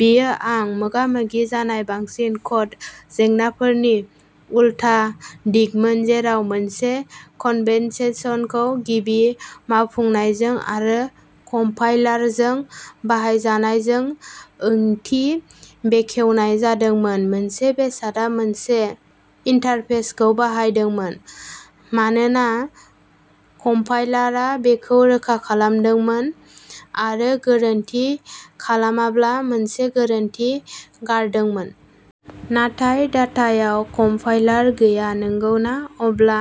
बेयो आं मोगा-मोगि जानाय बांसिन क'ड जेंनाफोरनि उलथा दिगमोन, जेराव मोनसे कन्वेन्शनखौ गिबि मावफुंनायजों आरो कम्पाइलारजों बाहायजानायजों ओंथि बेखेवनाय जादोंमोन। मोनसे बेसादआ मोनसे इन्टरफेसखौ बाहायनांदोंमोन मानोना कम्पाइलारआ बेखौ रोखा खालामदोंमोन, आरो गोरोन्थि खालामाब्ला मोनसे गोरोन्थि गारदोंमोन। नाथाय डाटायाव कम्पाइलार गैया, नंगौना? अब्ला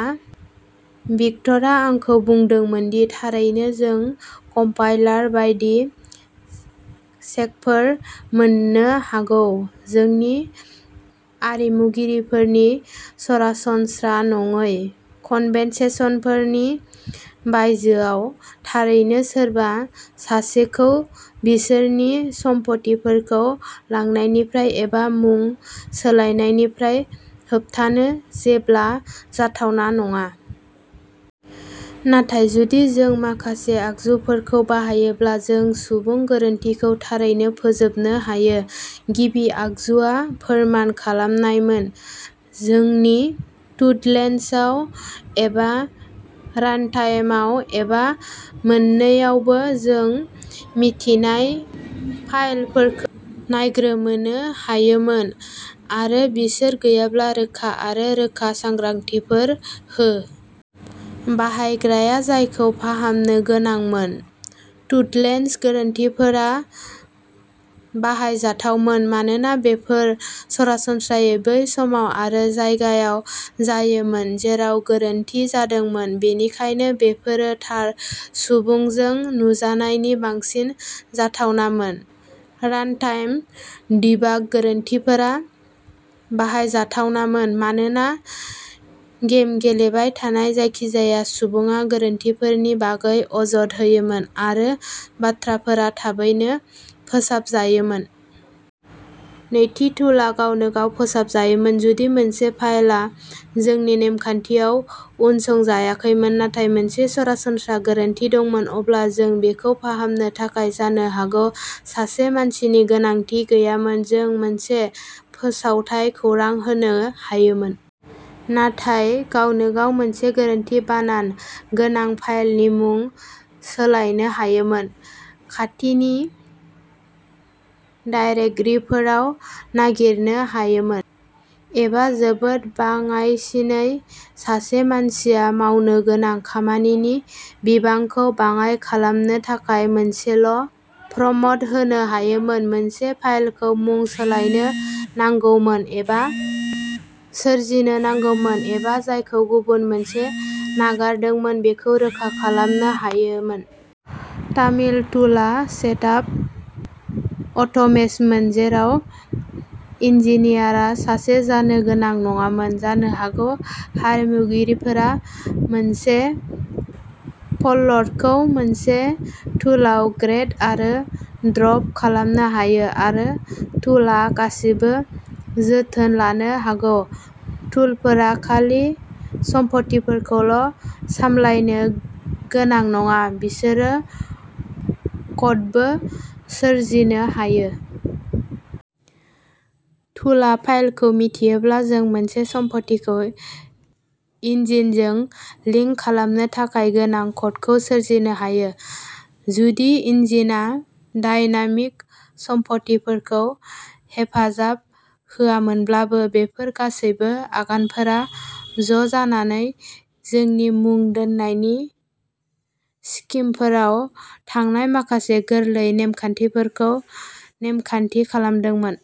भिक्टरआ आंखौ बुंदोंमोन दि थारैनो, जों कम्पाइलार बायदि चेकफोर मोन्नो हागौ, जोंनि आरिमुगिरिफोरनि सरासनस्रा नङै कन्वेन्शनफोरनि बायजोआव। थारैनो, सोरबा सासेखौ बिसोरनि सम्फथिफोरखौ लांनायनिफ्राय एबा मुं सोलायनायनिफ्राय होबथानो जेब्लाबो जाथावना नङा। नाथाय जुदि जों माखासे आगजुफोरखौ बाहायोब्ला जों सुबुं गोरोन्थिखौ थारैनो फोजोबनो हायो। गिबि आगजुआ फोरमान खालामनायमोन। जोंनि टुलचेनआव, एबा रानटाइमआव, एबा मोन्नैआवबो, जों मिजिंथिनाय फाइलफोरखौ नायग्रोमनो हायोमोन, आरो बिसोर गैयाब्ला, रोखा आरो रोखा सांग्रांथिफोर हो। बाहायग्राया जायखौ फाहामनो गोनांमोन। टुलचेन गोरोन्थिफोरा बाहायजाथावमोन मानोना बेफोर सरासनस्रायै बै समाव आरो जायगायाव जायोमोन जेराव गोरोन्थि जादोंमोन, बेनिखायनो बेफोरो थार सुबुंजों नुजानायनि बांसिन जाथावनामोन। रानटाइम डिबाग गोरोन्थिफोरा बाहायजाथावमोन मानोना गेम गेलेबाय थानाय जायखिजाया सुबुङा गोरोन्थिफोरनि बागै अजद होयोमोन, आरो बाथ्राफोरा थाबैनो फोसाबजायोमोन। नैथि टुलआ गावनो गाव फोसाबनायमोन। जुदि मोनसे फाइलआ जोंनि नेमखान्थियाव उनसंजायाखैमोन नाथाय मोनसे सरासनस्रा गोरोन्थि दंमोन, अब्ला जों बेखौ फाहामनो थाखाय जानो हागौ सासे मानसिनि गोनांथि गैयामोन। जों मोनसे फोसावथाय खौरां होनो हायोमोन, नाथाय गावनो गाव मोनसे गोरोन्थि बानान गोनां फाइलनि मुं सोलायनो हायोमोन, खाथिनि दाइरेक्ट'रिफोराव नागिरनो हायोमोन, एबा जोबोद बाङाइसिनै, सासे मानसिया मावनो गोनां खामानिनि बिबांखौ बाङाय खालामनो थाखाय मोनसेल'प्रम्पट होनो हायोमोन, मोनसे फाइलखौ मुं सोलायनो नांगौमोन, एबा सोरजिनो नांगौमोन, एबा जायखौ गुबुन मोनसे नागारदोंमोन बेखौ रोखा खालामनो हायोमोन। थामथि टुलआ सेटआप अट'मेसनमोन, जेराव इन्जिनियारआ सासे जानो गोनां नङामोन। जानो हागौ आरिमुगिरिफोरा मोनसे फोल्डरखौ मोनसे टुलआव ड्रेग आरो ड्रप खालामनो हायो, आरो टुलआ गासिबो जोथोन लानो हागौ। टुलफोरा खालि सम्फथिफोरखौल'सामलायनो गोनां नङा, बिसोरो क'डबो सोरजिनो हायो। टुलआ फाइलखौ मिन्थियोब्ला, जों मोनसे सम्फथिखौ इन्जिनजों लिंक खालामनो थाखाय गोनां क'डखौ सोरजिनो हायो, जुदि इन्जिनआ डायनामिक सम्फथिफोरखौ हेफाजाब होआमोनब्लाबो। बेफोर गासैबो आगानफोरा ज'जानानै जोंनि मुं दोननायनि स्किमफोराव थानाय माखासे गोरलै नेमखान्थिफोरखौ नेमखान्थि खालामदोंमोन।